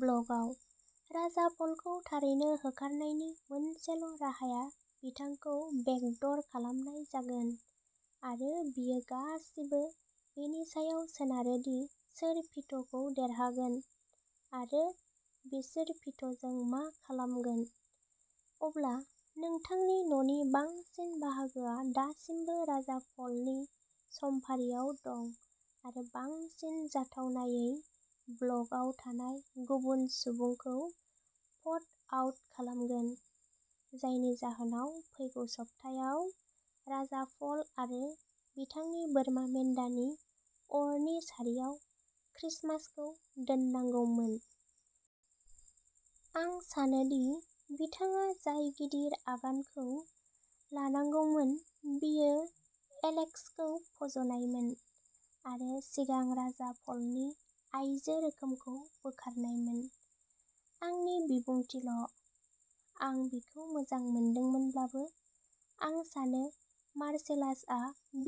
ब्लकआव। राजा पलखौ थारैनो होखारनायनि मोनसेल'राहाया बिथांखौ बेकड'र खालामनाय जागोन आरो बेयो गासिबो बेनि सायाव सोनारो दि सोर भिट'खौ देरहागोन आरो बिसोर भिट'जों मा खालामगोन। अब्ला नोंथांनि न'नि बांसिन बाहागोआ दासिमबो राजा पलनि समफारियाव दं आरो बांसिन जाथावनायै ब्लकआव थानाय गुबुन सुबुंखौ भ'ट आउट खालामगोन, जायनि जाहोनाव फैगौ सप्तायाव राजा पल आरो बिथांनि बोरमा मेन्दानि अरनि सारियाव क्रिसमासखौ दोननांगौमोन। आं सानो दि बिथाङा जाय गिदिर आगानखौ लानांगौमोन बेयो एलेक्सखौ फज'नायमोन आरो सिगां राजा पलनि आइजो रोखोमखौ बोखारनायमोन। आंनि बिबुंथिल'। आं बिखौ मोजां मोनदोंमोनब्लाबो, आं सानो मार्सेलासआ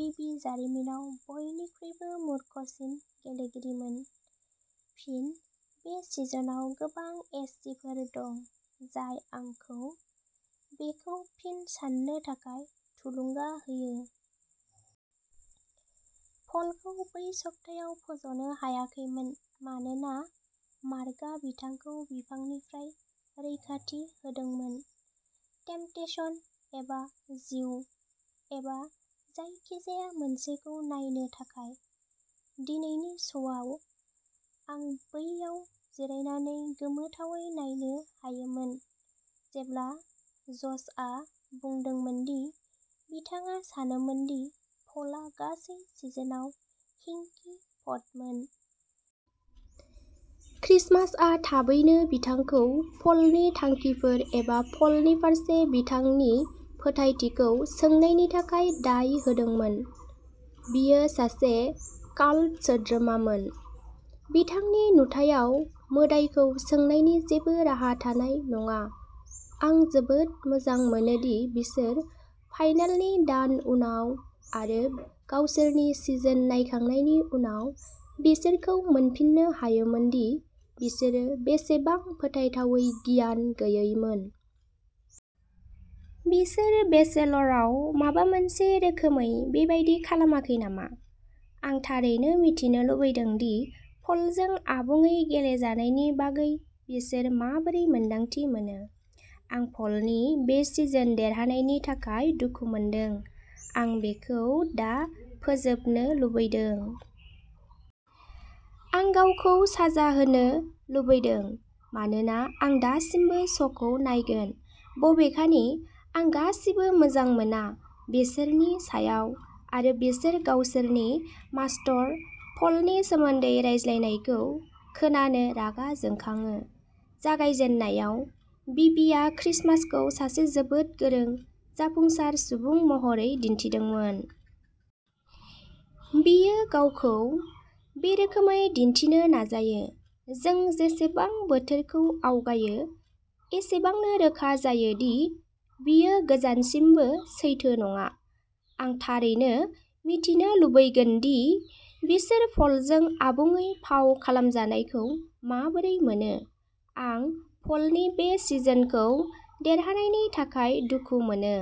बिबि जारिमिनाव बयनिख्रुइबो मूर्खसिन गेलेगिरिमोन। फिन, बे सिजनाव गोबां एचजिफोर दं जाय आंखौ बेखौ फिन साननो थाखाय थुलुंगा होयो। पलखौ बै सप्तायाव फज'नो हायाखैमोन मानोना मार्कआ बिथांखौ बिफांनिफ्राय रैखाथि होदोंमोन। टेम्पटेशन एबा जिउ एबा जायखिजाया मोनसेखौ नायनो थाखाय। दिनैनि श'आव, आं बैयाव जिरायनानै गोमोथावै नायनो हायोमोन, जेब्ला ज'शआ बुंदोंमोन दि बिथाङा सानोमोन दि पलआ गासै सिजनआव हिंकी भ'टमोन। क्रिसमासआ थाबैनो बिथांखौ पलनि थांखिफोर एबा पलनि फारसे बिथांनि फोथायथिखौ सोंनायनि थाखाय दाय होदोंमोन। बियो सासे काल्ट सोद्रोमामोन। बिथांनि नुथायाव मोदाइखौ सोंनायनि जेबो राहा थानाय नङा। आं जोबोद मोजां मोनो दि बिसोर फाइनेलनि दान उनाव आरो गावसोरनि सिजन नायखांनायनि उनाव बिसोरखौ मोनफिननो हायोमोन दि बिसोरो बेसेबां फोथायथावै गियान गैयैमोन। बिसोर बेचेलारआव माबा मोनसे रोखोमै बेबादि खालामाखै नामा? आं थारैनो मिथिनो लुबैदों दि पलजों आबुङै गेलेजानायनि बागै बिसोर माबोरै मोन्दांथि मोनो। आं पलनि बे सिजन देरहानायनि थाखाय दुखु मोनदों। आं बेखौ दा फोजोबनो लुबैदों। आं गावखौ साजा होनो लुबैदों मानोना आं दासिमबो श'खौ नायगोन, बबेखानि आं गासिबो मोजां मोना। बिसोरनि सायाव आरो बिसोर गावसोरनि मास्तर, पलनि सोमोन्दै रायज्लायनायखौ खोनानो रागा जोंखाङो। जागायजेननायाव, बीबीआ क्रिसमासखौ सासे जोबोद गोरों, जाफुंसार सुबुं महरै दिन्थिदोंमोन। बियो गावखौ बे रोखोमै दिन्थिनो नाजायो। जों जेसेबां बोथोरखौ आवगायो, एसेबांनो रोखा जायो दि बेयो गोजानसिमबो सैथो नङा। आं थारैनो मिथिनो लुबैगोन दि बिसोर पलजों आबुङै फाव खालामजानायखौ माबोरै मोनो। आं पलनि बे सिजनखौ देरहानायनि थाखाय दुखु मोनो।